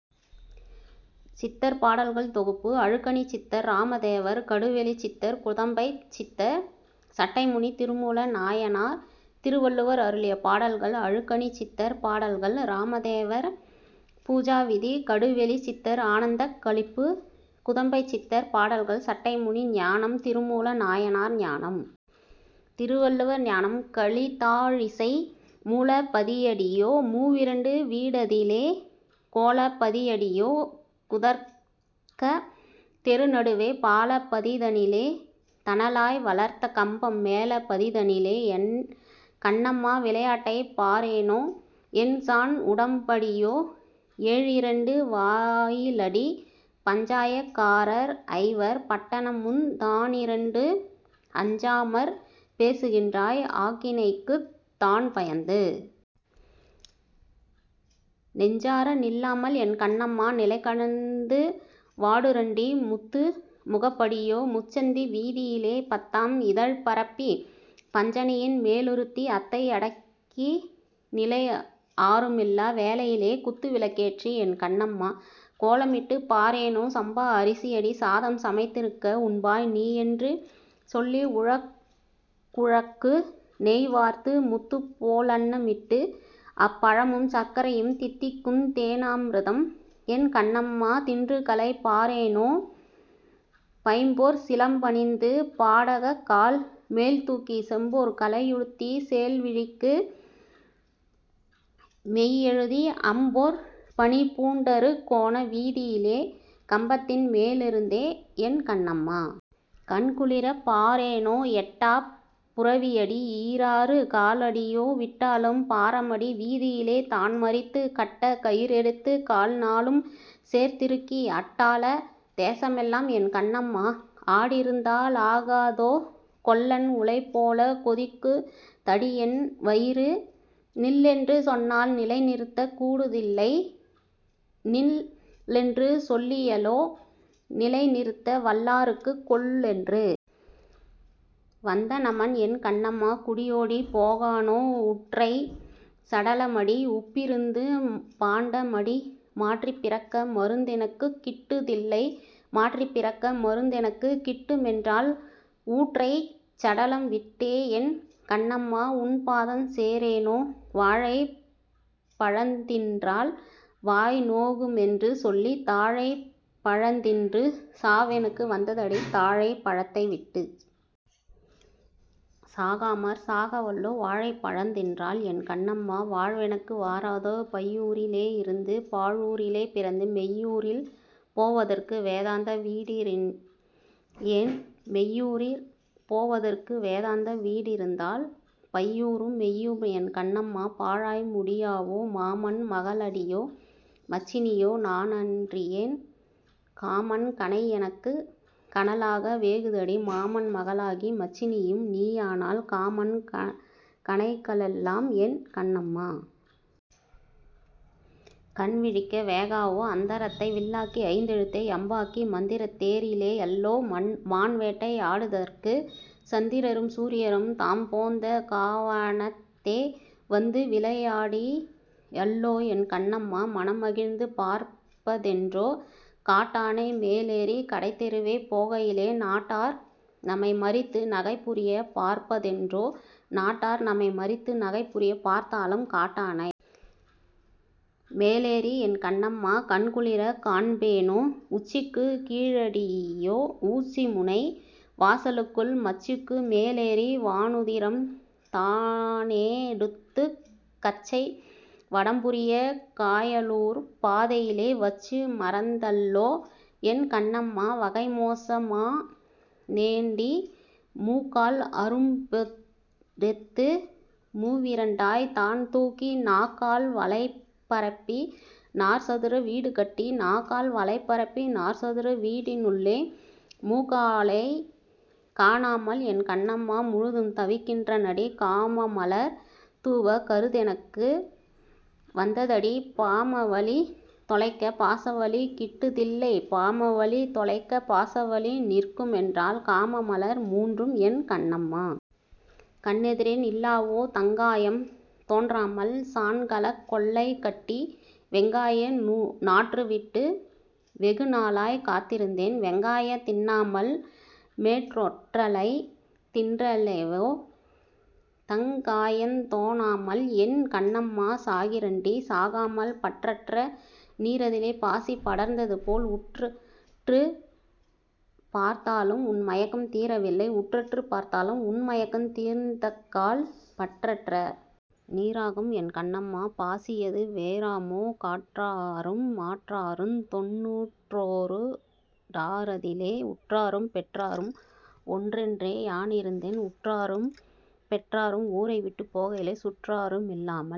சித்தர் பாடல்கள் தொகுப்பு அழுகணிச் சித்தர் இராமதேவர் கடுவெளிச் சித்தர் குதம்பைச் சித்தர் சட்டைமுனி திருமூல நாயனார் திருவள்ளுவர் அருளிய பாடல்கள் அழுகணிச் சித்தர் பாடல்கள் இராமதேவர் பூஜாவிதி கடுவெளிச் சித்தர் ஆனந்தக் களிப்பு குதம்பைச் சித்தர் பாடல்கள் சட்டைமுனி ஞானம் திருமூல நாயனார் ஞானம் திருவள்ளுவர் ஞானம் கலித்தாழிசை மூலப் பதியடியோ மூவிரண்டு வீடதிலே கோலப் பதியடியோ குதர்க்கத் தெருநடுவே பாலப் பதிதனிலே தணலாய் வளர்த்தகம்பம் மேலப் பதிதனிலே என் கண்ணம்மா விளையாட்டைப் பாரேனோ எண்சாண் உடம்படியோ ஏழிரண்டு வாயிலடி பஞ்சாயக் காரர்ஐவர் பட்டணமுந் தானிரண்டு அஞ்சாமற் பேசுகின்றாய் ஆக்கினைக்குத் தான்பயந்து நெஞ்சார நில்லாமல் என் கண்ணம்மா நிலைகடந்து வாடுறண்டி முத்து முகப்படியோ முச்சந்தி வீதியிலே பத்தாம் இதழ்பரப்பிப் பஞ்சணையின் மேலிருத்தி அத்தை யடக்கிநிலை ஆருமில்லா வேளையிலே குத்து விளக்கேற்றி என் கண்ணம்மா கோலமிட்டுப் பாரேனோ சம்பா அரிசியடி சாதம் சமைத்திருக்க உண்பாய் நீயென்று சொல்லி உழக்குழக்கு நெய்வார்த்து முத்துப் போலன்னமிட்டு முப்பழமும் சர்க்கரையும் தித்திக்குந் தேனாமிர்தம் என் கண்ணம்மா தின்றுகளைப் பாரேனோ பைம்பொற் சிலம்பணிந்து பாடகக்கால் மேல்தூக்கிச் செம்பொற் கலையுடுத்திச் சேல்விழிக்கு மையெழுதி அம்பொற் பணிபூண் டறுகோண வீதியிலே கம்பத்தின் மேலிருந்தே என் கண்ணம்மா! கண்குளிரப் பாரேனோ! எட்டாப் புரவியடி யீராறு காலடியோ விட்டாலும் பாரமடி வீதியிலே தான்மறித்துக் கட்டக் கயிறெடுத்துக் கால்நாலும் சேர்த்திறுக்கி அட்டாள தேசமெல்லாம் என் கண்ணம்மா ஆண்டிருந்தா லாகாதோ கொல்லன் உலைபோலக் கொதிக்குதடி யென்வயிறு நில்லென்று சொன்னால் நிலைநிறுத்தக் கூடுதில்லை நில்லென்று சொல்லியல்லோ நிலைநிறுத்த வல்லார்க்குக் கொல்லென்று வந்தநமன் என் கண்ணம்மா குடியோடிப் போகானோ ஊற்றைச் சடலமடி உப்பிருந்த பாண்டமடி மாற்றிப் பிறக்க மருந்தெனக்குக் கிட்டுதில்லை மாற்றிப் பிறக்க மருந்தெனக்கு கிட்டுமென்றால் ஊற்றைச் சடலம் விட்டேஎன் கண்ணம்மா உன்பாதஞ் சேரேனோ வாழைப் பழந்தின்றால் வாய்நோகு மென்றுசொல்லித் தாழைப் பழத்தின்று சாவெனக்கு வந்ததடி தாழைப் பழத்தைவிட்டுச் சாகாமற் சாகவல்லோ வாழைப் பழந்தின்றால் என் கண்ணம்மா வாழ்வெனக்கு வாராதோ பையூரி லேயிருந்து பாழூரிலே பிறந்து மெய்யூரில் போவதற்கு வேதாந்த வீடறியேன் மெய்யூரிற் போவதற்கு வேதாந்த வீடறிந்தால் பையூரும் மெய்யூரும் என் கண்ணம்மா பாழாய் முடியாவோ மாமன் மகளடியோ மச்சினியோ நானறியேன் காமன் கணையெனக்குக் கனலாக வேகுதடி மாமன் மகளாகி மச்சினியும் நீயானால் காமன் கணைகளெல்லாம் என் கண்ணம்மா! கண்விழிக்க வேகாவோ அந்தரத்தை வில்லாக்கி ஐந்தெழுத்தை யம்பாக்கி மந்திரத்தே ரேறியல்லோ மான்வேட்டை யாடுதற்குச் சந்திரரும் சூரியரும் தாம்போந்த காவனத்தே வந்துவிளை யாடியல்லோ என் கண்ணம்மா மனமகிழ்ந்து பார்ப்பதென்றோ! காட்டானை மேலேறிக் கடைத்தெருவே போகையிலே நாட்டார் நமைமறித்து நகைபுரியப் பார்ப்பதென்றோ நாட்டார் நமைமறித்து நகைபுரியப் பார்த்தாலும் காட்டானை மேலேறி என் கண்ணம்மா கண்குளிரக் காண்பேனோ உச்சிக்குக் கீழடியோ ஊசிமுனை வாசலுக்குள் மச்சுக்கு மேலேறி வானுதிரம் தானேடுத்துக் கச்சை வடம்புரியக் காயலூர்ப் பாதையிலே வச்சு மறந்தல்லோ என் கண்ணம்மா வகைமோச மானேண்டி மூக்கால் அரும்பெடுத்து மூவிரண்டாய்த் தான்தூக்கி நாக்கால் வளைபரப்பி நாற்சதுர வீடுகட்டி நாக்கால் வலைபரப்பி நாற்சதுர வீட்டினுள்ளே மூக்காலைக் காணாமல் என் கண்ணம்மா முழுதும் தவிக்கிறண்டி காமமலர் தூவக் கருத்தெனக்கு வந்ததடி பாமவலி தொலைக்கப் பாசவலி கிட்டுதில்லை பாமவலி தொலைக்கப் பாசவலி நிற்குமென்றால் காமமலர் மூன்றும் என் கண்ணம்மா! கண்ணெதிரே நில்லாவோ! தங்காயம் தோன்றாமல் சாண்கலக் கொல்லைகட்டி வெங்காய நாற்றுவிட்டு வெகுநாளாய்க் காத்திருந்தேன் வெங்காயந் தின்னாமல் மேற்றொல்லைத் தின்றலவோ தங்காயந் தோணாமல் என் கண்ணம்மா சாகிறண்டி சாகாமல் பற்றற்ற நீரதிலே பாசி படர்ந்ததுபோல் உற்றுற்றுப் பார்த்தாலும் உன்மயக்கம் தீரவில்லை உற்றுற்றுப் பார்த்தாலும் உன்மயக்கந் தீர்ந்தக்கால் பற்றற்ற நீராகும் என் கண்ணம்மா பாசியது வேறாமோ கற்றாரும் மற்றாருந் தொண்ணூற்றோ டாறதிலே உற்றாரும் பெற்றாரும் ஒன்றென்றே யானிருந்தேன் உற்றாரும் பெற்றாரும் ஊரைவிட்டுப் போகையிலே சுற்றாரு மில்லாமல்